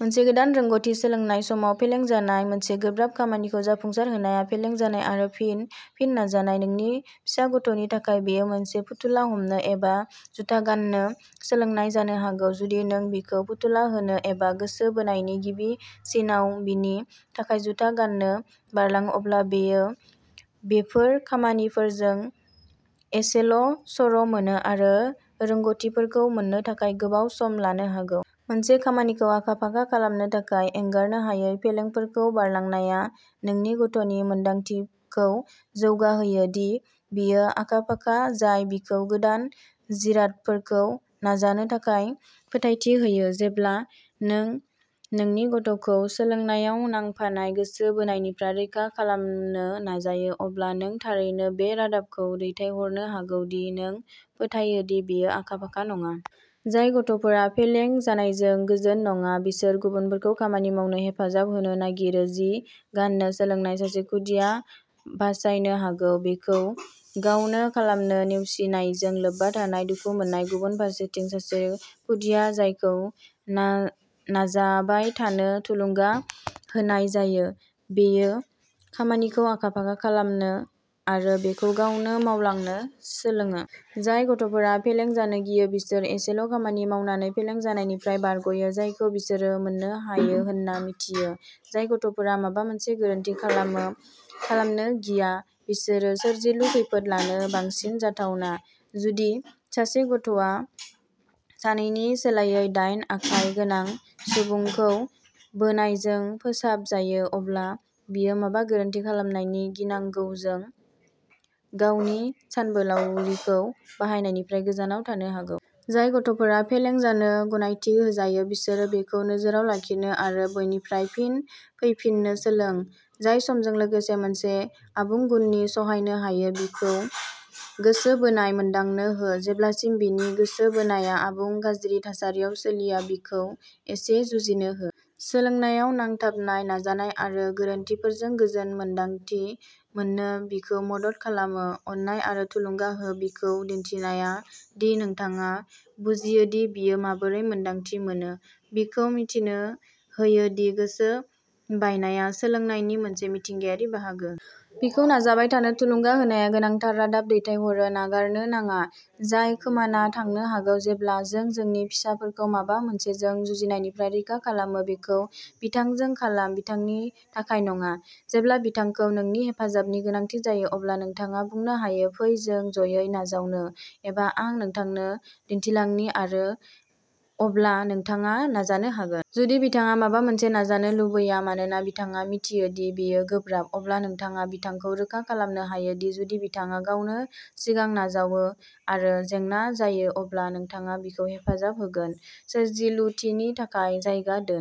मोनसे गोदान रोंग'थि सोलोंनाय समाव फेलें जानाय। मोनसे गोब्राब खामानिखौ जाफुंसारहोनाया फेलें जानाय आरो फिन-फिन नाजानाय। नोंनि फिसा गथ'नि थाखाय, बेयो मोनसे फुथुला हमनो एबा जुथा गान्नो सोलोंनाय जानो हागौ। जुदि नों बिखौ फुथुला होनो एबा गोसो बायनायनि गिबि सिनआव बिनि थाखाय जुता गान्नो बारलाङो, अब्ला बियो बेफोर खामानिफोरजों एसेल'सर'मोनो आरो रोंग'थिफोरखौ मोन्नो थाखाय गोबाव सम लानो हागौ। मोनसे खामानिखौ आखा-फाखा खालामनो थाखाय एंगारनो हायै फेलेंफोरखौ बारलांनाया नोंनि गथ'नि मोनदांथिखौ जौगाहोयो दि बियो आखा-फाखा, जाय बिखौ गोदान जिरादफोरखौ नाजानो थाखाय फोथायथि होयो। जेब्ला नों नोंनि गथ'खौ सोलोंनायाव नांफानाय गोसो बायनायनिफ्राय रैखा खालामनो नाजायो, अब्ला नों थारैनो बे रादाबखौ दैथायहरनो हागौ दि नों फोथायो दि बियो आखा-फाखा नङा। जाय गथ'फोरा फेलें जानायजों गोजोन नङा, बिसोर गुबुनफोरखौ खामानि मावनो हेफाजाब होनो नागिरो। जि गान्नो सोलोंनाय सासे खुदिया बासायनो हागौ। बेखौ गावनो खालामनो नेवसिनायजों लोब्बा थानाय दुखु मोननाय। गुबुन फारसेथिं, सासे खुदिया जायखौ नानाजाबाय थानो थुलुंगा होनाय जायो, बियो खामानिखौ आखा-फाखा खालामनो आरो बेखौ गावनो मावलांनो सोलोङो। जाय गथ'फोरा फेलें जानो गियो, बिसोर एसेल'खामानि मावनानै फेलें जानायनिफ्राय बारग'यो, जायखौ बिसोरो मोननो हायो होन्ना मिन्थियो। जाय गथ'फोरा माबा मोनसे "गोरोन्थि" खालामो खालामनो गिया, बिसोर सोरजिलु खैफोद लानो बांसिन जाथावना। जुदि सासे गथ'आ सानैनि सोलायै दाइन आखाइ गोनां सुबुंखौ बोनायजों फोसाबजायो, अब्ला बियो माबा गोरोन्थि खालामनायनि गिनांगौजों गावनि सानबोलावरिखौ बाहायनायनिफ्राय गोजानाव थानो हागौ। जाय गथ'फोरा फेलें जानो गनायथि होजायो, बिसोरो बेखौ नोजोरआव लाखिनो आरो बैनिफ्राय फिन फैफिननो सोलों, जाय समजों लोगोसे मोनसे आबुं गुननि सहायनो हायो। बिखौ गोसो बायनाय मोनदांनो हो। जेब्लासिम बिनि गोसो बायनाया आबुं गाज्रि थासारियाव सोलिया, बिखौ एसे जुजिनो हो। सोलोंनायाव नांथाबनाय नाजानाय आरो गोरोन्थिफोरजों गोजोन मोन्दांथि मोननो बिखौ मदद खालामो। अननाय आरो थुलुंगा हो। बिखौ दिन्थिनाया दि नोंथाङा बुजियो दि बियो माबोरै मोन्दांथि मोनो, बिखौ मिथिनो होयो दि गोसो बायनाया सोलोंनायनि मोनसे मिथिंगायारि बाहागो। बिखौ नाजाबाय थानो थुलुंगा होनाया गोनांथार रादाब दैथायहरो, नागारनो नाङा, जाय खोमाना थांनो हागौ जेब्ला जों जोंनि फिसाफोरखौ माबा मोनसेजों जुजिनायनिफ्राय रैखा खालामो। बेखौ बिथांजों खालाम, बिथांनि थाखाय नङा। जेब्ला बिथांखौ नोंनि हेफाजाबनि गोनांथि जायो, अब्ला नोंथाङा बुंनो हायो "फै जों जयै नाजावनो" एबा "आं नोंथांनो दिन्थिलांनि आरो अब्ला नोंथाङा नाजानो हागोन"। जुदि बिथाङा माबा मोनसे नाजानो लुबैया मानोना बिथाङा मिथियो दि बेयो गोब्राब, अब्ला नोंथाङा बिथांखौ रोखा खालामनो हायो दि जुदि बिथाङा गावनो सिगां नाजावो आरो जेंना जायो, अब्ला नोंथाङा बिखौ हेफाजाब होगोन। सोरजिलुथिनि थाखाय जायगा दोन।